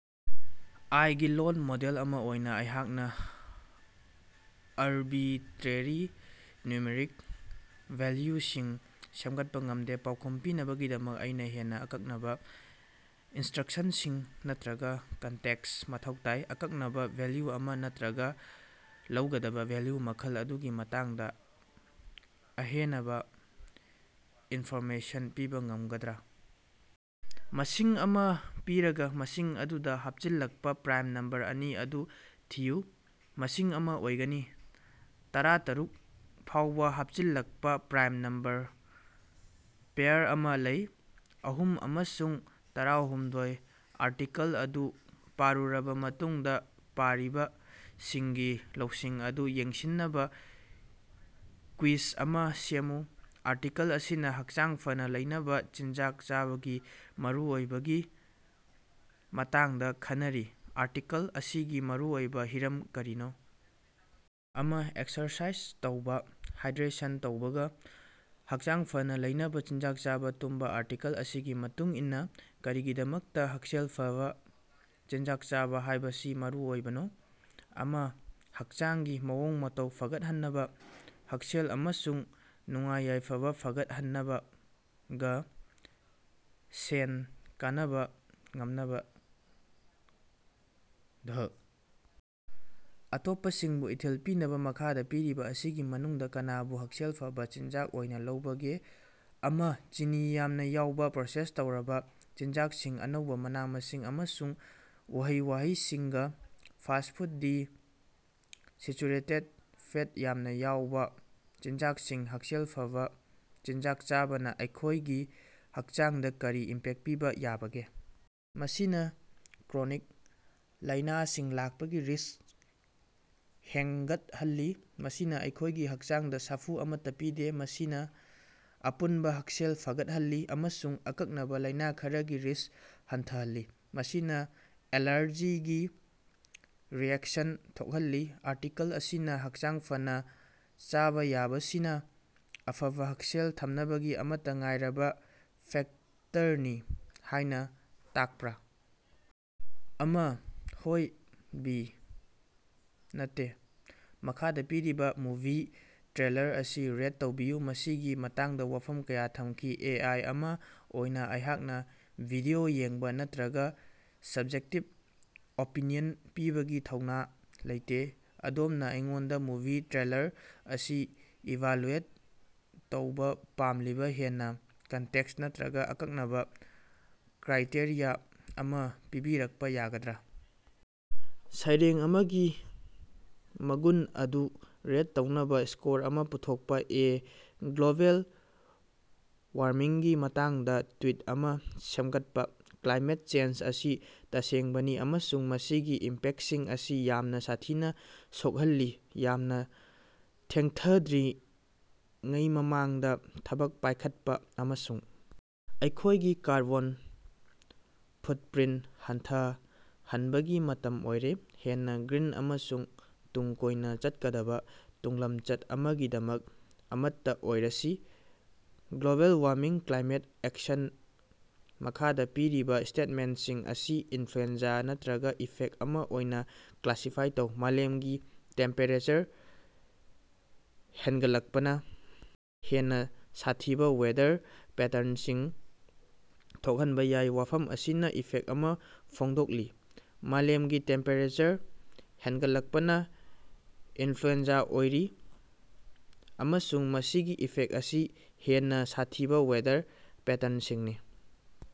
ꯑꯥꯏ. ꯒꯤ ꯂꯣꯜ ꯃꯣꯗꯦꯜ ꯑꯃ ꯑꯣꯏꯅ ꯑꯩꯍꯥꯛꯅ ꯑꯔꯕꯤꯇꯔꯦꯔꯤ ꯅ꯭ꯌꯨꯃꯔꯤꯛ ꯚꯦꯜꯌꯨꯁꯤꯡ ꯁꯦꯝꯒꯠꯄ ꯉꯝꯗꯦ꯫ ꯄꯥꯎꯈꯨꯝ ꯄꯤꯅꯕꯒꯤꯗꯃꯛ ꯑꯩꯅ ꯍꯦꯟꯅ ꯑꯀꯛꯅꯕ ꯏꯟꯁ꯭ꯇꯔꯛꯁꯟꯁꯤꯡ ꯅꯠꯇꯔꯒ ꯀꯟꯇꯦꯛꯁ ꯃꯊꯧ ꯇꯥꯏ꯫ ꯑꯀꯛꯅꯕ ꯚꯦꯜꯌꯨ ꯑꯃ ꯅꯠꯇꯔꯒ ꯂꯧꯒꯗꯕ ꯚꯦꯜꯌꯨ ꯃꯈꯜ ꯑꯗꯨꯒꯤ ꯃꯇꯥꯡꯗ ꯑꯍꯦꯅꯕ ꯏꯟꯐꯣꯔꯃꯦꯁꯟ ꯄꯤꯕ ꯉꯝꯒꯗ꯭ꯔ? ꯃꯁꯤꯡ ꯑꯃꯥ ꯄꯤꯔꯒ, ꯃꯁꯤꯡ ꯑꯗꯨꯗ ꯍꯥꯞꯆꯤꯜꯂꯛꯄ ꯄ꯭ꯔꯥꯏꯝ ꯅꯝꯕꯔ ꯑꯅꯤ ꯑꯗꯨ ꯊꯤꯌꯨ꯫ ꯃꯁꯤꯡ ꯑꯃ ꯑꯣꯏꯒꯅꯤ꯫ ꯇꯔꯥꯇꯔꯨꯛ ꯐꯥꯎꯕ ꯍꯥꯄꯆꯤꯜꯂꯛꯄ ꯄ꯭ꯔꯥꯏꯝ ꯅꯝꯕꯔ ꯄꯦꯔ ꯑꯃꯥ ꯂꯩ: ꯑꯍꯨꯝ ꯑꯃꯁꯨꯡ ꯇꯔꯥꯍꯨꯝꯗꯣꯏ꯫ ꯑꯥꯔꯇꯤꯀꯜ ꯑꯗꯨ ꯄꯥꯔꯨꯔꯕꯥ ꯃꯇꯨꯡꯗꯥ ꯄꯥꯔꯤꯕꯁꯤꯡꯒꯤ ꯂꯧꯁꯤꯡ ꯑꯗꯨ ꯌꯦꯡꯁꯤꯟꯅꯕ ꯀ꯭ꯋꯤꯖ ꯑꯃꯥ ꯁꯦꯝꯃꯨ꯫ ꯑꯥꯔꯇꯤꯀꯜ ꯑꯁꯤꯅ ꯍꯛꯆꯥꯡ ꯐꯅ ꯂꯩꯅꯕ ꯆꯤꯟꯖꯥꯛ ꯆꯥꯕꯒꯤ ꯃꯔꯨꯑꯣꯏꯕꯒꯤ ꯃꯇꯥꯡꯗ ꯈꯟꯅꯔꯤ꯫ ꯑꯥꯔꯇꯤꯀꯜ ꯑꯁꯤꯒꯤ ꯃꯔꯨꯑꯣꯏꯕ ꯍꯤꯔꯝ ꯀꯔꯤꯅꯣ? ꯑꯃ. ꯑꯦꯛꯁꯔꯁꯥꯏꯖ ꯇꯧꯕꯥ. ꯍꯥꯏꯗ꯭ꯔꯦꯁꯟ ꯇꯧꯕꯥ ꯒ. ꯍꯛꯆꯥꯡ ꯐꯅ ꯂꯩꯅꯕ ꯆꯤꯟꯖꯥꯛ ꯆꯥꯕꯥ. ꯇꯨꯝꯕꯥ ꯑꯥꯔꯇꯤꯀꯜ ꯑꯁꯤꯒꯤ ꯃꯇꯨꯡꯏꯟꯅ, ꯀꯔꯤꯒꯤꯗꯃꯛꯇ ꯍꯛꯁꯦꯜ ꯐꯕ ꯆꯤꯟꯖꯥꯛ ꯆꯥꯕ ꯍꯥꯏꯕꯁꯤ ꯃꯔꯨꯑꯣꯏꯕꯅꯣ? ꯑꯃ. ꯍꯛꯆꯥꯡꯒꯤ ꯃꯑꯣꯡ-ꯃꯇꯧ ꯐꯒꯠꯍꯟꯅꯕ. ꯍꯛꯁꯦꯜ ꯑꯃꯁꯨꯡ ꯅꯨꯡꯉꯥꯏ-ꯌꯥꯏꯐꯕ ꯐꯒꯠꯍꯟꯅꯕ ꯒ. ꯁꯦꯟ ꯀꯅꯕ ꯉꯝꯅꯕ ꯘ. ꯑꯇꯣꯞꯄꯁꯤꯡꯕꯨ ꯏꯊꯤꯜ ꯄꯤꯅꯕ꯫ ꯃꯈꯥꯗ ꯄꯤꯔꯤꯕ ꯑꯁꯤꯒꯤ ꯃꯅꯨꯡꯗ ꯀꯅꯥꯕꯨ ꯍꯛꯁꯦꯜ ꯐꯕ ꯆꯤꯟꯖꯥꯛ ꯑꯣꯏꯅ ꯂꯧꯕꯒꯦ? ꯑꯃ. ꯆꯤꯅꯤ ꯌꯥꯝꯅ ꯌꯥꯎꯕꯥ ꯄ꯭ꯔꯣꯁꯦꯁ ꯇꯧꯔꯕ ꯆꯤꯟꯖꯥꯛꯁꯤꯡ. ꯑꯅꯧꯕꯥ ꯃꯅꯥ-ꯃꯁꯤꯡ ꯑꯃꯁꯨꯡ ꯎꯍꯩ-ꯋꯥꯍꯩꯁꯤꯡ ꯒ. ꯐꯥꯁ꯭ꯠ ꯐꯨꯗ ꯗꯤ. ꯁꯦꯆꯨꯔꯦꯇꯦꯗ ꯐꯦꯠ ꯌꯥꯝꯅꯥ ꯌꯥꯎꯕꯥ ꯆꯤꯟꯖꯥꯛꯁꯤꯡ ꯍꯛꯁꯦꯜ ꯐꯕꯥ ꯆꯤꯟꯖꯥꯛ ꯆꯥꯕꯅ ꯑꯩꯈꯣꯏꯒꯤ ꯍꯛꯆꯥꯡꯗꯥ ꯀꯔꯤ ꯏꯝꯄꯦꯛ ꯄꯤꯕ ꯌꯥꯕꯒꯦ? ꯃꯁꯤꯅ ꯀ꯭ꯔꯣꯅꯤꯛ ꯂꯥꯏꯅꯥꯁꯤꯡ ꯂꯥꯛꯄꯒꯤ ꯔꯤꯁ꯭ꯛ ꯍꯦꯡꯒꯠꯍꯜꯂꯤ, ꯃꯁꯤꯅ ꯑꯩꯈꯣꯏꯒꯤ ꯍꯛꯆꯥꯡꯗ ꯁꯥꯐꯨ ꯑꯃꯠꯇ ꯄꯤꯗꯦ, ꯃꯁꯤꯅꯥ ꯑꯄꯨꯟꯕ ꯍꯛꯁꯦꯜ ꯐꯒꯠꯍꯜꯂꯤ ꯑꯃꯁꯨꯡ ꯑꯀꯛꯅꯕ ꯂꯥꯏꯅ ꯈꯔꯒꯤ ꯔꯤꯁ꯭ꯛ ꯍꯟꯊꯍꯜꯂꯤ, ꯃꯁꯤꯅ ꯑꯦꯂꯥꯔꯖꯤꯒꯤ ꯔꯤꯑꯦꯛꯁꯟ ꯊꯣꯛꯍꯜꯂꯤ꯫ ꯑꯥꯔꯇꯤꯀꯜ ꯑꯁꯤꯅ ꯍꯛꯆꯥꯡ ꯐꯅ ꯆꯥꯚꯥꯌꯥꯕꯁꯤꯅ ꯑꯐꯕ ꯍꯛꯁꯦꯜ ꯊꯝꯅꯕꯒꯤ ꯑꯃꯠꯇ ꯉꯥꯏꯔꯕ ꯐꯦꯛꯇꯔꯅꯤ ꯍꯥꯏꯅ ꯇꯥꯛꯄꯔꯥ? ꯑꯃ. ꯍꯣꯏ ꯕꯤ. ꯅꯠꯇꯦ꯫ ꯃꯈꯥꯗ ꯄꯤꯔꯤꯕ ꯃꯨꯚꯤ ꯇ꯭ꯔꯦꯂꯔ ꯑꯁꯤ ꯔꯦꯠ ꯇꯧꯕꯤꯌꯨ꯫ ꯃꯁꯤꯒꯤ ꯃꯇꯥꯡꯗꯥ ꯋꯥꯐꯝ ꯀꯌꯥ ꯊꯝꯈꯤ꯫ ꯑꯦ. ꯑꯥꯏ. ꯑꯃꯥ ꯑꯣꯏꯅ ꯑꯩꯍꯥꯛꯅ ꯚꯤꯗꯤꯑꯣ ꯌꯦꯡꯕ ꯅꯠꯇꯔꯒ ꯁ꯭ꯕꯖꯦꯛꯇꯤꯕ ꯑꯣꯄꯤꯅꯤꯌꯟ ꯄꯤꯕꯒꯤ ꯊꯧꯅꯥ ꯂꯩꯇꯦ꯫ ꯑꯗꯣꯝꯅ ꯑꯩꯉꯣꯟꯗ ꯃꯨꯚꯤ ꯇ꯭ꯔꯦꯂꯔ ꯑꯁꯤ ꯏꯚꯥꯂꯨꯑꯦꯠ ꯇꯧꯕ ꯄꯥꯝꯂꯤꯕ ꯍꯦꯟꯅ ꯀꯟꯇꯦꯛꯁ ꯅꯠꯇꯔꯒ ꯑꯀꯛꯅꯕ ꯀ꯭ꯔꯥꯏꯇꯦꯔꯤꯌꯥ ꯑꯃ ꯄꯤꯕꯤꯔꯛꯄ ꯌꯥꯒꯗ꯭ꯔꯥ? ꯁꯩꯔꯦꯡ ꯑꯃꯒꯤ ꯃꯒꯨꯟ ꯑꯗꯨ ꯔꯦꯠ ꯇꯧꯅꯕ ꯁ꯭ꯀꯣꯔ ꯑꯃ ꯄꯨꯊꯣꯛꯄꯥ꯫ ꯑꯦ. ꯒ꯭ꯂꯣꯕꯦꯜ ꯋꯥꯔꯃꯤꯡꯒꯤ ꯃꯇꯥꯡꯗꯥ ꯇ꯭ꯋꯤꯠ ꯑꯃꯥ ꯁꯦꯝꯒꯠꯄ꯫ ꯀ꯭ꯂꯥꯏꯃꯦꯠ ꯆꯦꯟꯖ ꯑꯁꯤ ꯇꯁꯦꯡꯕꯅꯤ ꯑꯃꯁꯨꯡ ꯃꯁꯤꯒꯤ ꯏꯝꯄꯦꯛꯁꯤꯡ ꯑꯁꯤ ꯌꯥꯝꯅ ꯁꯥꯊꯤꯅ ꯁꯣꯛꯍꯜꯂꯤ꯫ ꯌꯥꯝꯅ ꯊꯦꯡꯊꯗ꯭ꯔꯤꯉꯩ ꯃꯃꯥꯡꯗ ꯊꯕꯛ ꯄꯥꯏꯈꯠꯄ ꯑꯃꯁꯨꯡ ꯑꯩꯈꯣꯏꯒꯤ ꯀꯥꯔꯕꯣꯟ ꯐꯨꯠꯄ꯭ꯔꯤꯟꯠ ꯍꯟꯊꯍꯟꯕꯒꯤ ꯃꯇꯝ ꯑꯣꯏꯔꯦ꯫ ꯍꯦꯟꯅ ꯒ꯭ꯔꯤꯟ ꯑꯃꯁꯨꯡ ꯇꯨꯡ ꯀꯣꯏꯅ ꯆꯠꯀꯗꯕ ꯇꯨꯡꯂꯝꯆꯠ ꯑꯃꯒꯤꯗꯃꯛ ꯑꯃꯠꯇꯥ ꯑꯣꯏꯔꯁꯤ꯫ ꯒ꯭ꯂꯣꯕꯦꯜꯋꯥꯔꯃꯤꯡ ꯀ꯭ꯂꯥꯏꯃꯦꯠ ꯑꯦꯛꯁꯟ ꯃꯈꯥꯗ ꯄꯤꯔꯤꯕ ꯁ꯭ꯇꯦꯠꯃꯦꯟꯠꯁꯤꯡ ꯑꯁꯤ ꯏꯟꯐ꯭ꯂꯨꯑꯦꯟꯖꯥ ꯅꯠꯇꯔꯒ ꯏꯐꯦꯛ ꯑꯃ ꯑꯣꯏꯅ ꯀ꯭ꯂꯥꯁꯤꯐꯥꯏ ꯇꯧ: "ꯃꯥꯂꯦꯝꯒꯤ ꯇꯦꯝꯄꯦꯔꯦꯆꯔ ꯍꯦꯟꯒꯠꯂꯛꯄꯅ ꯍꯦꯟꯅ ꯁꯥꯊꯤꯕ ꯋꯦꯗꯔ ꯄꯦꯇꯔꯟꯁꯤꯡ ꯊꯣꯛꯍꯟꯕ ꯌꯥꯏ"꯫ ꯋꯥꯐꯝ ꯑꯁꯤꯅ ꯏꯐꯦꯛ ꯑꯃ ꯐꯣꯡꯗꯣꯛꯂꯤ꯫ ꯃꯥꯂꯦꯃꯒꯤ ꯇꯦꯝꯄꯦꯔꯦꯆꯔ ꯍꯦꯟꯒꯠꯂꯛꯄꯅ ꯏꯅꯐ꯭ꯂꯨꯑꯦꯟꯖꯥ ꯑꯣꯏꯔꯤ, ꯑꯃꯁꯨꯡ ꯃꯁꯤꯒꯤ ꯏꯐꯦꯛ ꯑꯁꯤ ꯍꯦꯟꯅ ꯁꯥꯊꯤꯕ ꯋꯦꯗꯔ ꯄꯦꯇꯔꯟꯁꯤꯡꯅꯤ꯫